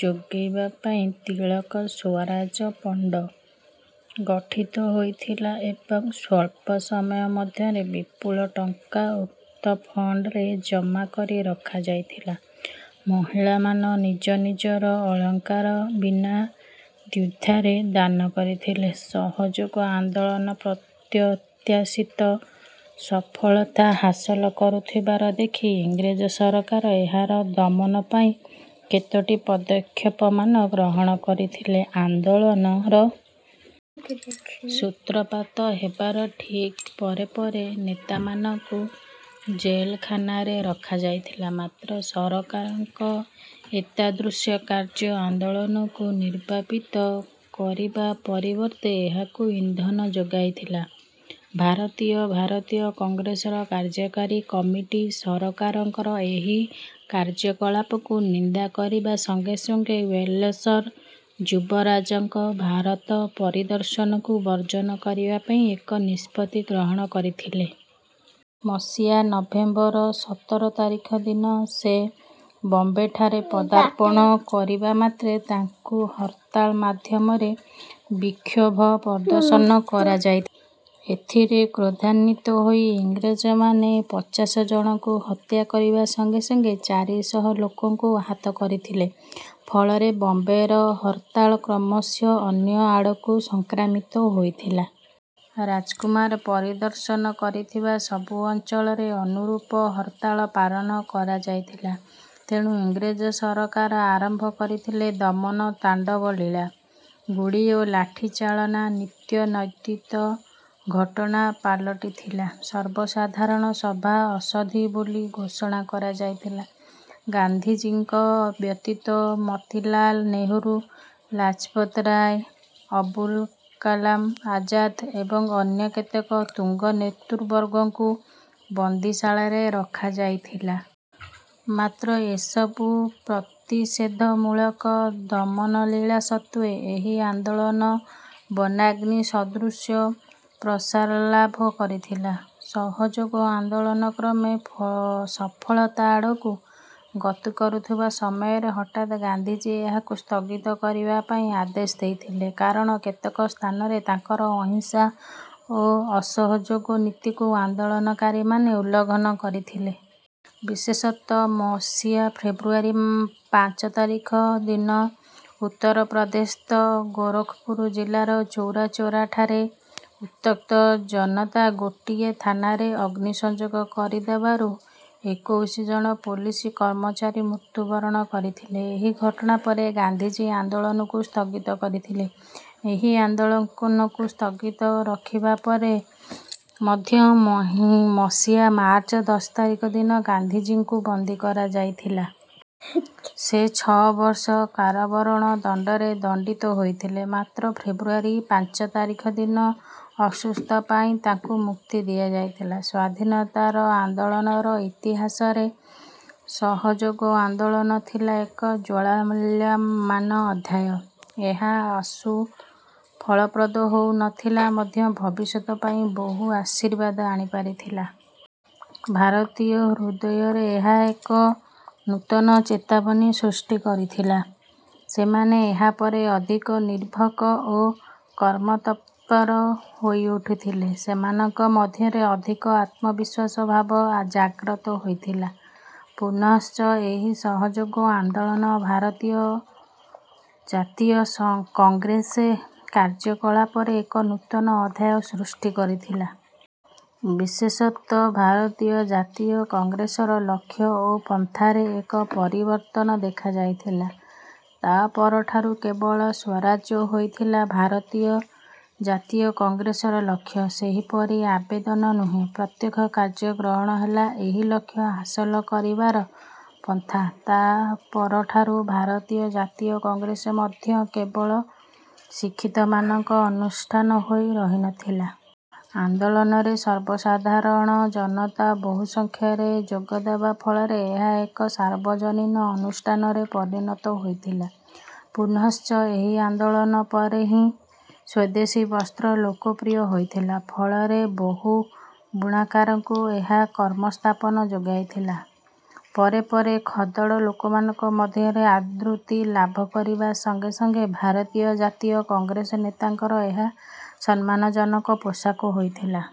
ଯୋଗାଇବା ପାଇଁ "ତିଳକ ସ୍ୱରାଜ୍ୟ ଫଣ୍ଡ" ଗଠିତ ହୋଇଥିଲା ଏବଂ ସ୍ୱଲ୍ପ ସମୟ ମଧ୍ୟରେ ବିପୁଳ ଟଙ୍କା ଉକ୍ତ ଫଣ୍ଡରେ ଜମା କରି ରଖାଯାଇଥିଲା। ମହିଳାମାନେ ନିଜ ନିଜର ଅଳଙ୍କାର ବିନା ଦ୍ୱିଧାରେ ଦାନ କରିଥିଲେ। ଅସହଯୋଗ ଆନ୍ଦୋଳନ ଅପ୍ରତ୍ୟାଶିତ ସଫଳତା ହାସଲ କରୁଥିବାର ଦେଖି ଇଂରେଜ ସରକାର ଏହାର ଦମନ ପାଇଁ କେତୋଟି ପଦକ୍ଷେପମାନ ଗ୍ରହଣ କରିଥିଲେ। ଆନ୍ଦୋଳନର ସୂତ୍ରପାତ ହେବାର ଠିକ୍ ପରେ ପରେ ନେତାମାନଙ୍କୁ ଜେଲଖାନାରେ ରଖାଯାଇଥିଲା। ମାତ୍ର ସରକାରଙ୍କ ଏତାଦୃଶ କାର୍ଯ୍ୟ ଆନ୍ଦୋଳନକୁ ନିର୍ବାପିତ କରିବା ପରିବର୍ତ୍ତେ ଏହାକୁ ଇନ୍ଧନ ଯୋଗାଇଥିଲା। ଭାରତୀୟ ଜାତୀୟ କଂଗ୍ରେସର କାର୍ଯ୍ୟକାରୀ କମିଟି ସରକାରଙ୍କର ଏହି କାର୍ଯ୍ୟକଳାପକୁ ନିନ୍ଦା କରିବା ସଙ୍ଗେ ସଙ୍ଗେ ୱେଲସର ଯୁବରାଜଙ୍କ ଭାରତ ପରିଦର୍ଶନକୁ ବର୍ଜନ କରିବା ପାଇଁ ଏକ ନିଷ୍ପତ୍ତି ଗ୍ରହଣ କରିଥିଲେ। ମସିହା ନଭେମ୍ବର ସତର ତାରିଖ ଦିନ ସେ ବମ୍ବେଠାରେ ପଦାର୍ପଣ କରିବା ମାତ୍ରେ ତାଙ୍କୁ ହରତାଳ ମାଧ୍ୟମରେ ବିକ୍ଷୋଭ ପ୍ରଦର୍ଶନ କରାଯାଇଥିଲା। ଏଥିରେ କ୍ରୋଧାନ୍ୱିତ ହୋଇ ଇଂରେଜମାନେ ପଚାଶ ଜଣଙ୍କୁ ହତ୍ୟା କରିବା ସଙ୍ଗେ ସଙ୍ଗେ ଚାରିଶହ ଲୋକଙ୍କୁ ଆହାତ କରିଥିଲେ। ଫଳରେ ବମ୍ବେର ହରତାଳ କ୍ରମଶଃ ଅନ୍ୟ ଆଡ଼କୁ ସଂକ୍ରାମିତ ହୋଇଥିଲା। ରାଜକୁମାର ପରିଦର୍ଶନ କରିଥିବା ସବୁ ଅଞ୍ଚଳରେ ଅନୁରୂପ ହରତାଳ ପାଳନ କରାଯାଇଥିଲା। ତେଣୁ ଇଂରେଜ ସରକାର ଆରମ୍ଭ କରିଥିଲେ ଦମନ ତାଣ୍ଡବଲୀଳା। ଗୁଳି ଓ ଲାଠି ଚାଳନା ନିତ୍ୟ ନୈମିତ୍ତିକ ଘଟଣା ପାଲଟିଥିଲା। ସର୍ବସାଧାରଣ ସଭା ଅସିଦ୍ଧ ବୋଲି ଘୋଷଣା କରାଯାଇଥିଲା। ଗାନ୍ଧିଜୀଙ୍କ ବ୍ୟତୀତ ମୋତିଲାଲ୍ ନେହେରୁ, ଲାଜପତ ରାୟ, ଆବୁଲ କାଲାମ ଆଜାଦ ଏବଂ ଅନ୍ୟ କେତେକ ତୁଙ୍ଗ ନେତୃବର୍ଗଙ୍କୁ ବନ୍ଦୀଶାଳାରେ ରଖାଯାଇଥିଲା। ମାତ୍ର ଏସବୁ ପ୍ରତିଷେଧମୂଳକ ଦମନଲୀଳା ସତ୍ତ୍ୱେ ଏହି ଆନ୍ଦୋଳନ ବନାଗ୍ନି ସଦୃଶ ପ୍ରସାରଲାଭ କରିଥିଲା। ସହଯୋଗ ଆନ୍ଦୋଳନ କ୍ରମେ ସଫଳତା ଆଡ଼କୁ ଗତି କରୁଥିବା ସମୟରେ ହଠାତ୍ ଗାନ୍ଧିଜୀ ଏହାକୁ ସ୍ଥଗିତ ରଖିବା ପାଇଁ ଆଦେଶ ଦେଇଥିଲେ; କାରଣ କେତେକ ସ୍ଥାନରେ ତାଙ୍କର ଅହିଂସା ଓ ଅସହଯୋଗ ନୀତିକୁ ଆନ୍ଦୋଳନକାରୀମାନେ ଉଲ୍ଲଂଘନ କରିଥିଲେ। ବିଶେଷତଃ ମସିହା ଫେବୃୟାରୀ ପାଞ୍ଚ ତାରିଖ ଦିନ ଉତ୍ତର-ପ୍ରଦେଶସ୍ଥ ଗୋରଖପୁର ଜିଲ୍ଲାର ଚୌରିଚୌରାଠାରେ ଉତ୍ତ୍ୟକ୍ତ ଜନତା ଗୋଟିଏ ଥାନାରେ ଅଗ୍ନି ସଂଯୋଗ କରିଦେବାରୁ ଏକୋଇଶି ଜଣ ପୋଲିସ କର୍ମଚାରୀ ମୃତ୍ୟୁବରଣ କରିଥିଲେ। ଏହି ଘଟଣା ପରେ ଗାନ୍ଧିଜୀ ଆନ୍ଦୋଳନକୁ ସ୍ଥଗିତ ରଖିଥିଲେ। ଏହି ଆନ୍ଦୋଳନକୁ ସ୍ଥଗିତ ରଖିବା ପରେ ମଧ୍ୟ ମସିହା ମାର୍ଚ୍ଚ ଦଶ ତାରିଖ ଦିନ ଗାନ୍ଧିଜୀଙ୍କୁ ବନ୍ଦୀ କରାଯାଇଥିଲା। ସେ ଛଅ ବର୍ଷ କାରାବରଣ ଦଣ୍ଡରେ ଦଣ୍ଡିତ ହୋଇଥିଲେ। ମାତ୍ର ଫେବୃୟାରୀ ପାଞ୍ଚ ତାରିଖ ଦିନ ଅସୁସ୍ଥତା ପାଇଁ ତାଙ୍କୁ ମୁକ୍ତି ଦିଆଯାଇଥିଲା। ସ୍ୱାଧୀନତା ଆନ୍ଦୋଳନର ଇତିହାସରେ ଅସହଯୋଗ ଆନ୍ଦୋଳନ ଥିଲା ଏକ ଜାଜ୍ୱଲ୍ୟମାନ ଅଧ୍ୟାୟ। ଏହା ଆଶୁ ଫଳପ୍ରଦ ହୋଇ ନ ଥିଲେ ମଧ୍ୟ ଭବିଷ୍ୟତ ପାଇଁ ବହୁ ଆଶୀର୍ବାଦ ଆଣିପାରିଥିଲା। ଭାରତୀୟଙ୍କ ହୃଦୟରେ ଏହା ଏକ ନୂତନ ଚେତନା ସୃଷ୍ଟି କରିଥିଲା। ସେମାନେ ଏହାପରେ ଅଧିକ ନିର୍ଭୀକ ଓ କର୍ମତତ୍ପର ହୋଇଉଠିଥିଲେ। ସେମାନଙ୍କ ମଧ୍ୟରେ ଅଧିକ ଆତ୍ମବିଶ୍ୱାସ ଭାବ ଜାଗ୍ରତ ହୋଇଥିଲା। ପୁନଶ୍ଚ ଏହି ଅସହଯୋଗ ଆନ୍ଦୋଳନ ଭାରତୀୟ ଜାତୀୟ ସକଂଗ୍ରେସ କାର୍ଯ୍ୟକଳାପରେ ଏକ ନୂତନ ଅଧ୍ୟାୟ ସୃଷ୍ଟି କରିଥିଲା। ବିଶେଷତଃ ଭାରତୀୟ ଜାତୀୟ କଂଗ୍ରେସର ଲକ୍ଷ୍ୟ ଓ ପନ୍ଥାରେ ଏକ ପରିବର୍ତ୍ତନ ଦେଖାଯାଇଥିଲା। ତା' ପରଠାରୁ କେବଳ ସ୍ୱରାଜ ହୋଇଥିଲା ଭାରତୀୟ ଜାତୀୟ କଂଗ୍ରେସର ଲକ୍ଷ୍ୟ। ସେହିପରି ଆବେଦନ ନୁହେଁ, ପ୍ରତ୍ୟକ୍ଷ କାର୍ଯ୍ୟ ଗ୍ରହଣ ହେଲା ଏହି ଲକ୍ଷ୍ୟ ହାସଲ କରିବାର ପନ୍ଥା। ତା' ପରଠାରୁ ଭାରତୀୟ ଜାତୀୟ କଂଗ୍ରେସ ମଧ୍ୟ କେବଳ ଶିକ୍ଷିତମାନଙ୍କ ଅନୁଷ୍ଠାନ ହୋଇ ରହି ନ ଥିଲା। ଆନ୍ଦୋଳନରେ ସର୍ବସାଧାରଣ ଜନତା ବହୁସଂଖ୍ୟାରେ ଯୋଗଦେବା ଫଳରେ ଏହା ଏକ ସାର୍ବଜନୀନ ଅନୁଷ୍ଠାନରେ ପରିଣତ ହୋଇଥିଲା। ପୁନଶ୍ଚ ଏହି ଆନ୍ଦୋଳନ ପରେ ହିଁ ସ୍ୱଦେଶୀ ବସ୍ତ୍ର ଲୋକପ୍ରିୟ ହୋଇଥିଲା। ଫଳରେ ବହୁ ବୁଣାକାରଙ୍କୁ ଏହା କର୍ମସଂସ୍ଥାନ ଯୋଗାଇଥିଲା। ପରେ ପରେ ଖଦଡ଼ ଲୋକମାନଙ୍କ ମଧ୍ୟରେ ଆଦୃତି ଲାଭ କରିବା ସଙ୍ଗେ ସଙ୍ଗେ ଭାରତୀୟ ଜାତୀୟ କଂଗ୍ରେସ ନେତାଙ୍କର ଏହା ସମ୍ମାନଜନକ ପୋଷାକ ହୋଇଥିଲା।